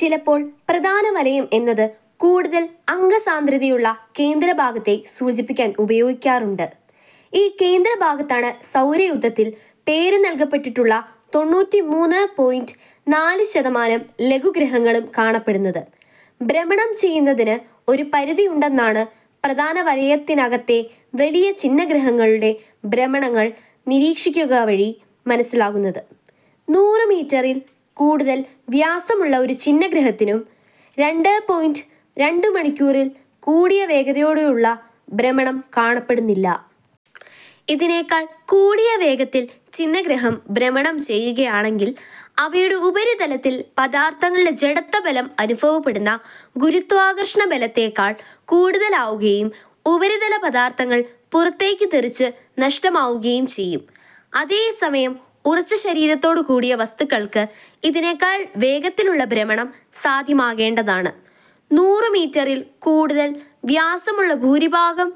ചിലപ്പോൾ പ്രധാന വലയം എന്നത് കൂടുതൽ അംഗസാന്ദ്രതയുള്ള കേന്ദ്ര ഭാഗത്തെ സൂചിപ്പിക്കാൻ ഉപയോഗിക്കാറുണ്ട്. ഈ കേന്ദ്ര ഭാഗത്താണ് സൗരയൂഥത്തിൽ പേര് നൽകപ്പെട്ടിട്ടുള്ള തൊണ്ണൂറ്റിമൂന്ന് പോയിൻ്റെ നാല് ശതമാനം ലഘുഗ്രഹങ്ങളും കാണപ്പെടുന്നത്. ഭ്രമണം ചെയ്യുന്നതിന് ഒരു പരിധിയുണ്ടെന്നാണ് പ്രധാനവലയത്തിനകത്തെ വലിയ ഛിന്നഗ്രഹങ്ങളുടെ ഭ്രമണങ്ങൾ നിരീക്ഷിക്കുകവഴി മനസ്സിലാകുന്നത്. നൂറ് മീറ്ററിൽ കൂടുതൽ വ്യാസമുള്ള ഒരു ഛിന്നഗ്രഹത്തിനും രണ്ട് പോയിൻ്റെ രണ്ട് മണിക്കൂറിൽ കൂടിയ വേഗതയോടെയുള്ള ഭ്രമണം കാണപ്പെടുന്നില്ല. ഇതിനേക്കാൾ കൂടിയ വേഗത്തിൽ ഛിന്നഗ്രഹം ഭ്രമണം ചെയ്യുകയാണെങ്കിൽ അവയുടെ ഉപരിതലത്തിൽ പദാർത്ഥങ്ങളുടെ ജഡത്വബലം അനുഭവപ്പെടുന്ന ഗുരുത്വാകർഷണബലത്തേക്കാൾ കൂടുതലാകുകയും ഉപരിതല പദാർത്ഥങ്ങൾ പുറത്തേക്ക് തെറിച്ച് നഷ്ടമാകുകയും ചെയ്യും. അതേ സമയം ഉറച്ച ശരീരത്തോടു കൂടിയ വസ്തുക്കൾക്ക് ഇതിനേക്കാൾ വേഗത്തിലുള്ള ഭ്രമണം സാധ്യമാകേണ്ടതാണ്. നൂറ് മീറ്ററിൽ കൂടുതൽ വ്യാസമുള്ള ഭൂരിഭാഗം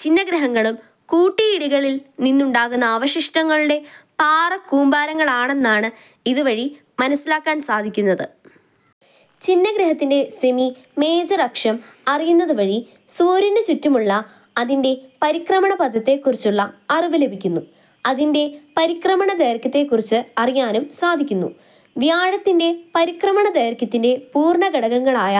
ഛിന്നഗ്രഹങ്ങളും കൂട്ടിയിടികളിൽ നിന്നുണ്ടായ അവശിഷ്ടങ്ങളുടെ പാറക്കൂമ്പാരങ്ങളാന്നാണ് ഇതുവഴി മനസ്സിലാക്കാൻ സാധിക്കുന്നത്. ഛിന്നഗ്രഹത്തിൻ്റെ സെമി മേജർ അക്ഷം അറിയുന്നതുവഴി സൂര്യനു ചുറ്റുമുള്ള അതിൻ്റെ പരിക്രമണപഥത്തെ കുറിച്ചുള്ള അറിവ് ലഭിക്കുന്നു, അതിൻ്റെ പരിക്രമണ ദൈർഘ്യത്തെ കുറിച്ച് അറിയാനും സാധിക്കുന്നു. വ്യാഴത്തിൻ്റെ പരിക്രമണ ദൈർഘ്യത്തിൻ്റെ പൂർണ്ണ ഘടകങ്ങളായ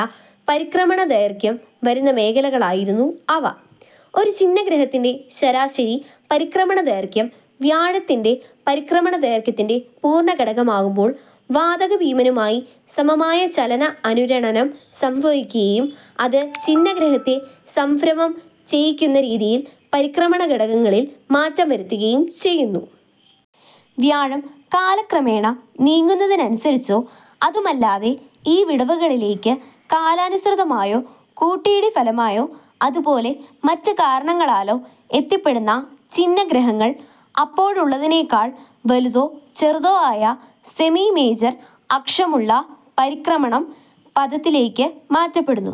പരിക്രമണ ദൈർഘ്യം വരുന്ന മേഖലകളായിരുന്നു അവ.ഒരു ഛിന്നഗ്രഹത്തിൻ്റെ ശരാശരി പരിക്രമണ ദൈർഘ്യം വ്യാഴത്തിൻ്റെ പരിക്രമണ ദൈർഘ്യത്തിൻ്റെ പൂർണ്ണ ഘടകമാകുമ്പോൾ വാതക ഭീമനുമായി സമമായ ചലന അനുരണനം സംഭവിക്കുകയും അത് ഛിന്നഗ്രഹത്തെ സംഭ്രമം ചെയ്യിക്കുന്ന രീതിയിൽ പരിക്രമണ ഘടകങ്ങളിൽ മാറ്റം വരുത്തുകയും ചെയ്യുന്നു. വ്യാഴം കാലക്രമേണ നീങ്ങുന്നതിനനുസരിച്ചോ അതുമല്ലാതെ ഈ വിടവുകളിലേക്ക് കാലാനുസൃതമായോ കൂട്ടിയിടി ഫലമായോ അതുപോലെ മറ്റ് കാരണങ്ങളാലോ എത്തിപ്പെടുന്ന ഛിന്നഗ്രഹങ്ങൾ അപ്പോഴുള്ളതിനേക്കാൽ വലുതോ ചെറുതോ ആയ സെമി മേജർ അക്ഷമുള്ള പരിക്രമണം പഥത്തിലേക്ക് മാറ്റപ്പെടുന്നു.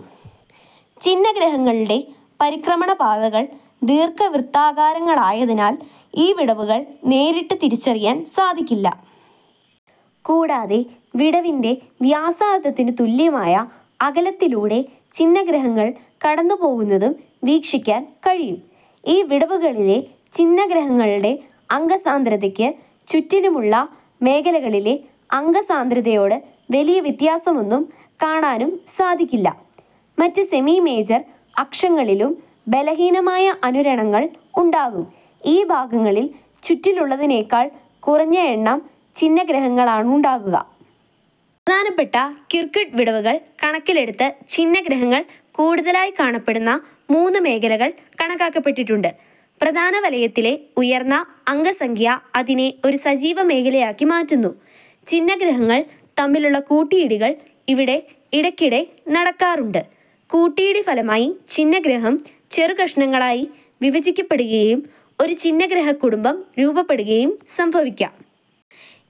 ഛിന്നഗ്രഹങ്ങളുടെ പരിക്രമണ പാതകൾ ദീർഘവൃത്താകാരങ്ങളായതിനാൽ ഈ വിടവുകൾ നേരിട്ട് തിരിച്ചറിയാൻ സാധിക്കില്ല. കൂടാതെ വിടവിൻ്റെ വ്യാസാർദ്ധത്തിനു തുല്യമായ അകലത്തിലൂടെ ഛിന്നഗ്രഹങ്ങൾ കടന്നുപോകുന്നതും വീക്ഷിക്കാൻ കഴിയും. ഈ വിടവുകളിലെ ഛിന്നഗ്രഹങ്ങളുടെ അംഗസാന്ദ്രതയ്ക്ക് ചുറ്റിലുമുള്ള മേഖലകളിലെ അംഗസാന്ദ്രതയോട് വലിയ വ്യത്യാസമൊന്നും കാണാനും സാധിക്കില്ല. മറ്റ് സെമി മേജർ അക്ഷങ്ങളിലും ബലഹീനമായ അനുരണങ്ങൾ ഉണ്ടാകും, ഈ ഭാഗങ്ങളിൽ ചുറ്റിലുള്ളതിനേക്കാൾ കുറഞ്ഞ എണ്ണം ഛിന്നഗ്രഹങ്ങളാണുണ്ടാകുക. പ്രധാനപ്പെട്ട കിർക്ക്വുഡ് വിടവുകൾ കണക്കിലെടുത്ത് ഛിന്നഗ്രഹങ്ങൾ കൂടുതലായി കാണപ്പെടുന്ന മൂന്ന് മേഖലകൾ കണക്കാക്കപ്പെട്ടിട്ടുണ്ട്. പ്രധാനവലയത്തിലെ ഉയർന്ന അംഗ സംഖ്യ അതിനെ ഒരു സജീവ മേഖലയാക്കി മാറ്റുന്നു, ഛിന്നഗ്രഹങ്ങൾ തമ്മിലുള്ള കൂട്ടിയിടികൾ ഇവിടെ ഇടയ്ക്കിടെ നടക്കാറുണ്ട്. കൂട്ടിയിടി ഫലമായി ഛിന്നഗ്രഹം ചെറു കഷണങ്ങളായി വിഭജിക്കപ്പെടുകയും ഒരു ഛിന്നഗ്രഹ കുടുംബം രൂപപ്പെടുകയും സംഭവിക്കാം.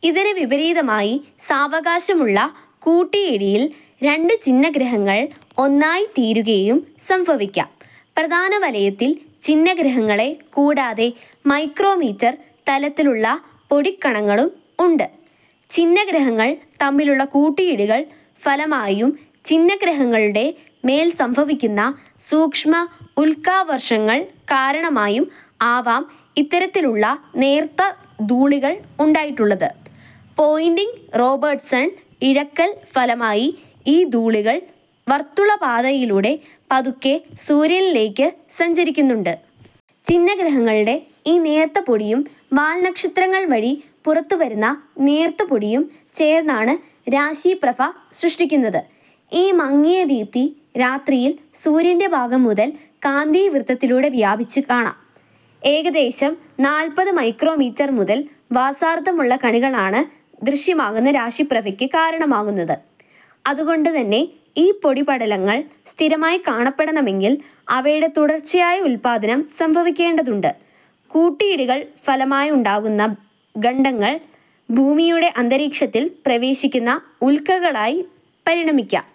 ഇതിനു വിപരീതമായി സാവകാശമുള്ള കൂട്ടിയിടിയിൽ രണ്ട് ഛിന്നഗ്രഹങ്ങൾ ഒന്നായി തീരുകയും സംഭവിക്കാം. പ്രധാനവലയത്തിൽ ഛിന്നഗ്രഹങ്ങളെ കൂടാതെ മൈക്രോമീറ്റർ തലത്തിലുള്ള പൊടി കണങ്ങളും ഉണ്ട്. ഛിന്നഗ്രഹങ്ങൾ തമ്മിലുള്ള കൂട്ടിയിടികൾ ഫലമായും, ഛിന്നഗ്രഹങ്ങളുടെ മേൽ സംഭവിക്കുന്ന സൂക്ഷ്മ ഉൽക്കാവർഷങ്ങൾ കാരണമായും ആവാം ഇത്തരത്തിലുള്ള നേർത്ത ധൂളികൾ ഉണ്ടായിട്ടുള്ളത്. പോയിൻ്റിങ് റോബേർട്ട്സൺ ഇഴക്കൽ ഫലമായി ഈ ധൂളികൾ വർത്തുളപാതയിലൂടെ പതുക്കെ സൂര്യനിലേക്ക് സഞ്ചരിക്കുന്നുണ്ട്. ഛിന്നഗ്രഹങ്ങളുടെ ഈ നേർത്ത പൊടിയും വാൽനക്ഷത്രങ്ങൾ വഴി പുറത്തുവരുന്ന നേർത്തപൊടിയും ചേർന്നാണ് രാശി പ്രഭ സൃഷ്ടിക്കുന്നത്. ഈ മങ്ങിയ ദീപ്തി രാത്രിയിൽ സൂര്യൻ്റെ ഭാഗം മുതൽ കാന്തിവൃത്തതിലൂടെ വ്യാപിച്ച് കാണാം. ഏകദേശം നാൽപ്പത് മൈക്രോമീറ്റർ മുതൽ വാസാർദ്ധമുള്ള കണികളാണ് ദൃശ്യമാകുന്ന രാശിപ്രഭയ്ക്ക് കാരണമാകുന്നത്. അതുകൊണ്ട് തന്നെ ഈ പൊടിപടലങ്ങൾ സ്ഥിരമായി കാണപ്പെടണമെങ്കിൽ അവയുടെ തുടർച്ചയായ ഉല്പാദനം സംഭവിക്കേണ്ടതുണ്ട്. കൂട്ടിയിടികൾ ഫലമായുണ്ടാകുന്ന ഖണ്ഡങ്ങൾ ഭൂമിയുടെ അന്തരീക്ഷത്തിൽ പ്രവേശിക്കുന്ന ഉൽക്കകളായി പരിണമിക്കാം.